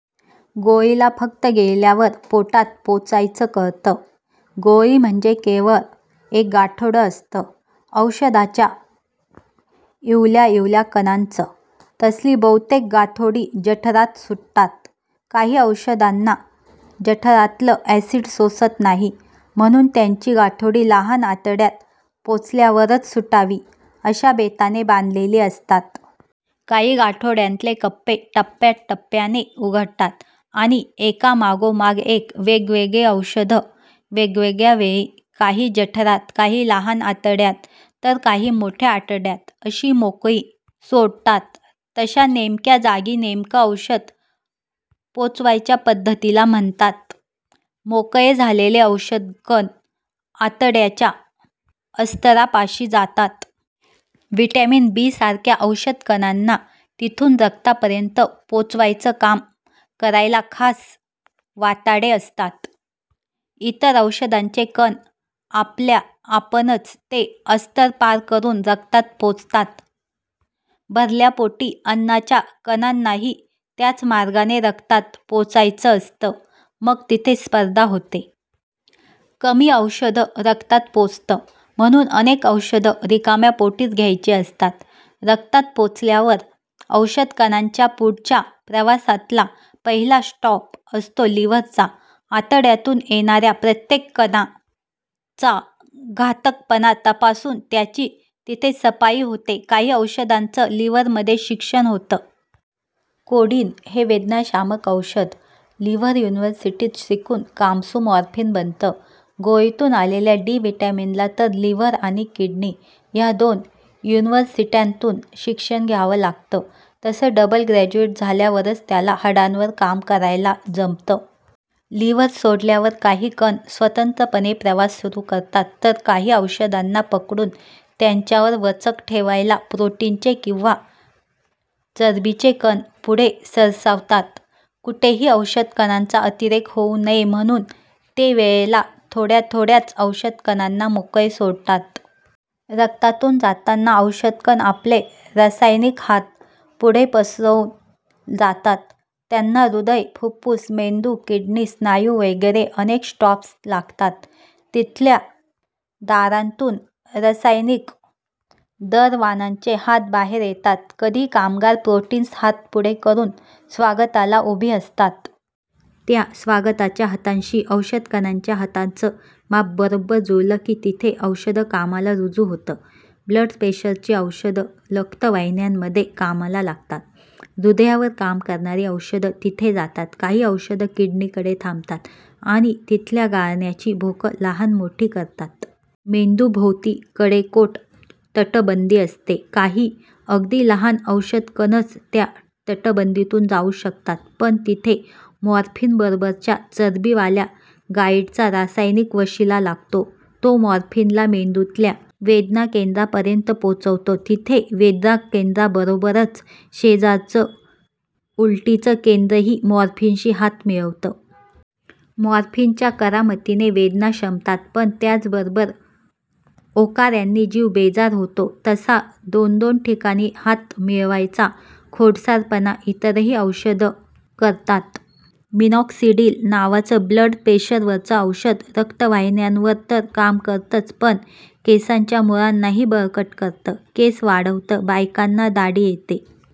गोळीला फक्त गिळल्यावर पोटात पोचायचं कळतं. गोळी म्हणजे केवळ एक गाठोडं असतं, औषधाच्या इवल्याइवल्या कणांचं. तसली बहुतेक गाठोडी जठरात सुटतात. काही औषधांना जठरातलं अॅसिड सोसत नाही. म्हणून त्यांची गाठोडी लहान आतड्यात पोचल्यावरच सुटावी अशा बेताने बांधलेली असतात. काही गाठोड्यांतले कप्पे टप्प्याटप्प्याने उघडतात आणि एकामागोमाग एक वेगवेगळी औषधं वेगवेगळ्या वेळी, काही जठरात, काही लहान आतड्यात तर काही मोठ्या आतड्यात अशी मोकळी सोडतात. तशा नेमक्या जागी नेमकं औषध पोचवायच्या पद्धतीला म्हणतात. मोकळे झालेले औषधकण आतड्याच्या अस्तरापाशी जातात. व्हिटॅमिन बीसारख्या औषधकणांना तिथून रक्तापर्यंत पोचवायचं काम करायला खास वाटाडे असतात. इतर औषधांचे कण आपल्याआपणच ते अस्तर पार करून रक्तात पोचतात. भरल्या पोटी अन्नाच्या कणांनाही त्याच मार्गाने रक्तात पोचायचं असतं. मग तिथे स्पर्धा होते. कमी औषध रक्तात पोचतं. म्हणून अनेक औषधं रिकाम्या पोटीच घ्यायची असतात. रक्तात पोचल्यावर औषधकणांच्या पुढच्या प्रवासातला पहिला स्टॉप असतो लिव्हरचा. आतड्यातून येणाऱ्या प्रत्येक कणाचा घातकपणा तपासून त्याची तिथे सफाई होते. काही औषधांचं लिव्हरमध्ये शिक्षण होतं. कोडीन हे वेदनाशामक औषध लिव्हर युनिव्हर्सिटीत शिकून कामसू मॉर्फीन बनतं. गोळीतून आलेल्या डी व्हिटॅमिनला तर लिव्हर आणि किडनी या दोन युनिव्हर्सिट्यांतून शिक्षण घ्यावं लागतं. तसं डबल ग्रॅज्युएट झाल्यावरच त्याला हाडांवर काम करायला जमतं. लिव्हर सोडल्यावर काही कण स्वतंत्रपणे प्रवास सुरू करतात, तर काही औषधांना पकडून त्यांच्यावर वचक ठेवायला प्रोटीनचे किंवा चरबीचे कण पुढे सरसावतात. कुठेही औषधकणांचा अतिरेक होऊ नये म्हणून ते वेळेला थोड्याथोड्याच औषधकणांना मोकळे सोडतात. रक्तातून जाताना औषधकण आपले रासायनिक हात पुढे पसरून जातात. त्यांना हृदय, फुप्फुसं, मेंदू, किडनी, स्नायू वगैरे अनेक स्टॉप्स लागतात. तिथल्या दारांतून रासायनिक दरवानांचे हात बाहेर येतात. कधी कामगार-प्रोटीन्स हात पुढे करून स्वागताला उभी असतात. त्या स्वागताच्या हातांशी औषधकणांच्या हातांचं माप बरोब्बर जुळलं की तिथे औषध कामाला रुजू होतं. ब्लडप्रेशरची औषधं रक्तवाहिन्यांमध्ये कामाला लागतात. हृदयावर काम करणारी औषधं तिथे जातात. काही औषधं किडनीकडे थांबतात आणि तिथल्या गाळण्याची भोकं लहानमोठी करतात. मेंदूभोवती कडेकोट तटबंदी असते. काही अगदी लहान औषधकणच त्या तटबंदीतून जाऊ शकतात. पण तिथे मॉर्फीनबरोबरच्या चरबीवाल्या गाइडचा रासायनिक वशिला लागतो. तो मॉर्फीनला मेंदूतल्या वेदनाकेंद्रापर्यंत पोचवतो. तिथे वेदनाकेंद्राबरोबरच शेजारचं उलटीचं केंद्रही मॉर्फीनशी हात मिळवतं. मॉर्फीनच्या करामतीने वेदना शमतात, पण त्याचसोबत ओकाऱ्यांनी जीव बेजार होतो. तसा दोनदोन ठिकाणी हात मिळवायचा खोडसाळपणा इतरही औषधं करतात. मिनॉक्सिडिल नावाचं ब्लड प्रेशरवरचं औषध रक्तवाहिन्यांवर तर काम करतंच, पण केसांच्या मुळांनाही बळकट करतं, केस वाढवतं. बायकांना दाढी येते!